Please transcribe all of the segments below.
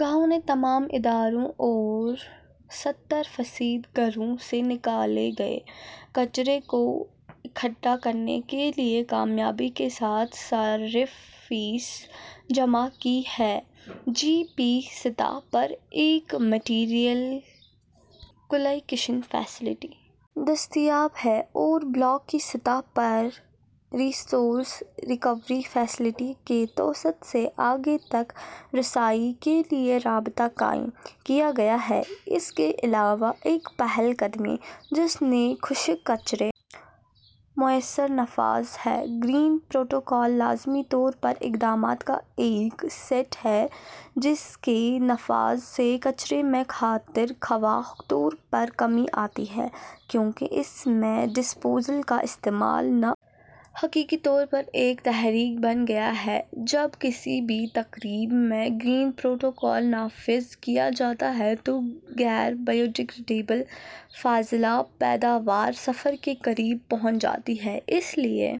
گاؤں نے تمام اداروں اور سَتر فیصد گھروں سے نکالے گئے کچرے کو اکٹھا کرنے کے لیے کامیابی کے ساتھ صارف فیس جمع کی ہے جی پی سطح پر ایک مٹیریل کلیکشن فیسلٹی دستیاب ہے اور بلاک کی سطح پر ریسورس ریکوری فیسلٹی کے توسط سے آگے تک رسائی کے لیے رابطہ قائم کیا گیا ہے اس کے علاوہ ایک پہل قدمی جس نے خشک کچرے مؤثر نفاذ ہے گرین پروٹوکول لازمی طور پر اقدامات کا ایک سیٹ ہے جس کے نفاذ سے کچرے میں خاطر خواہ طور پر کمی آتی ہے کیونکہ اس میں ڈسپوزل کا استعمال نہ حقیقی طور پر ایک تحریک بن گیا ہے جب کسی بھی تقریب میں گرین پروٹوکول نافذ کیا جاتا ہے تو غیر بایو ڈیگریڈیبل فضلہ پیداوار صفر کے قریب پہنچ جاتی ہے اس لیے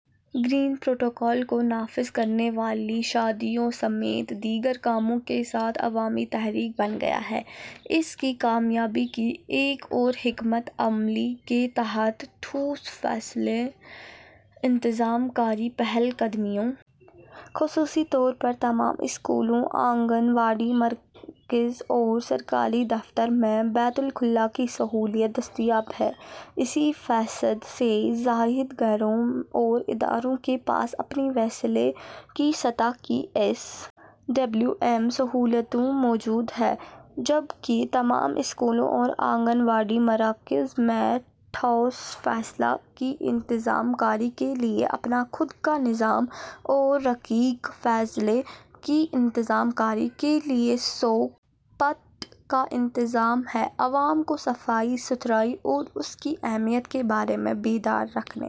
گرین پروٹوکول کو نافذ کرنے والی شادیوں سمیت دیگر کاموں کے ساتھ عوامی تحریک بن گیا ہے اس کی کامیابی کی ایک اور حکمت عملی کے تحت ٹھوس فضلہ انتظام کاری پہل قدمیوں خصوصی طور پر تمام اسکولوں آنگن واڑی مراکز اور سرکاری دفاتر میں بیت الخلا کی سہولت دستیاب ہے اسی فیصد سے زائد گھروں اور اداروں کے پاس اپنی وسیلے کی سطح کی ایس ڈبلیو ایم سہولتیں موجود ہیں جبکہ تمام اسکولوں اور آنگن واڑی مراکز میں ٹھوس فضلہ کی انتظام کاری کے لیے اپنا خود کا نظام اور رقیق فضلے کی انتظام کاری کے لیے سوک پٹ کا انتظام ہے عوام کو صفائی ستھرائی اور اس کی اہمیت کے بارے میں بیدار رکھنے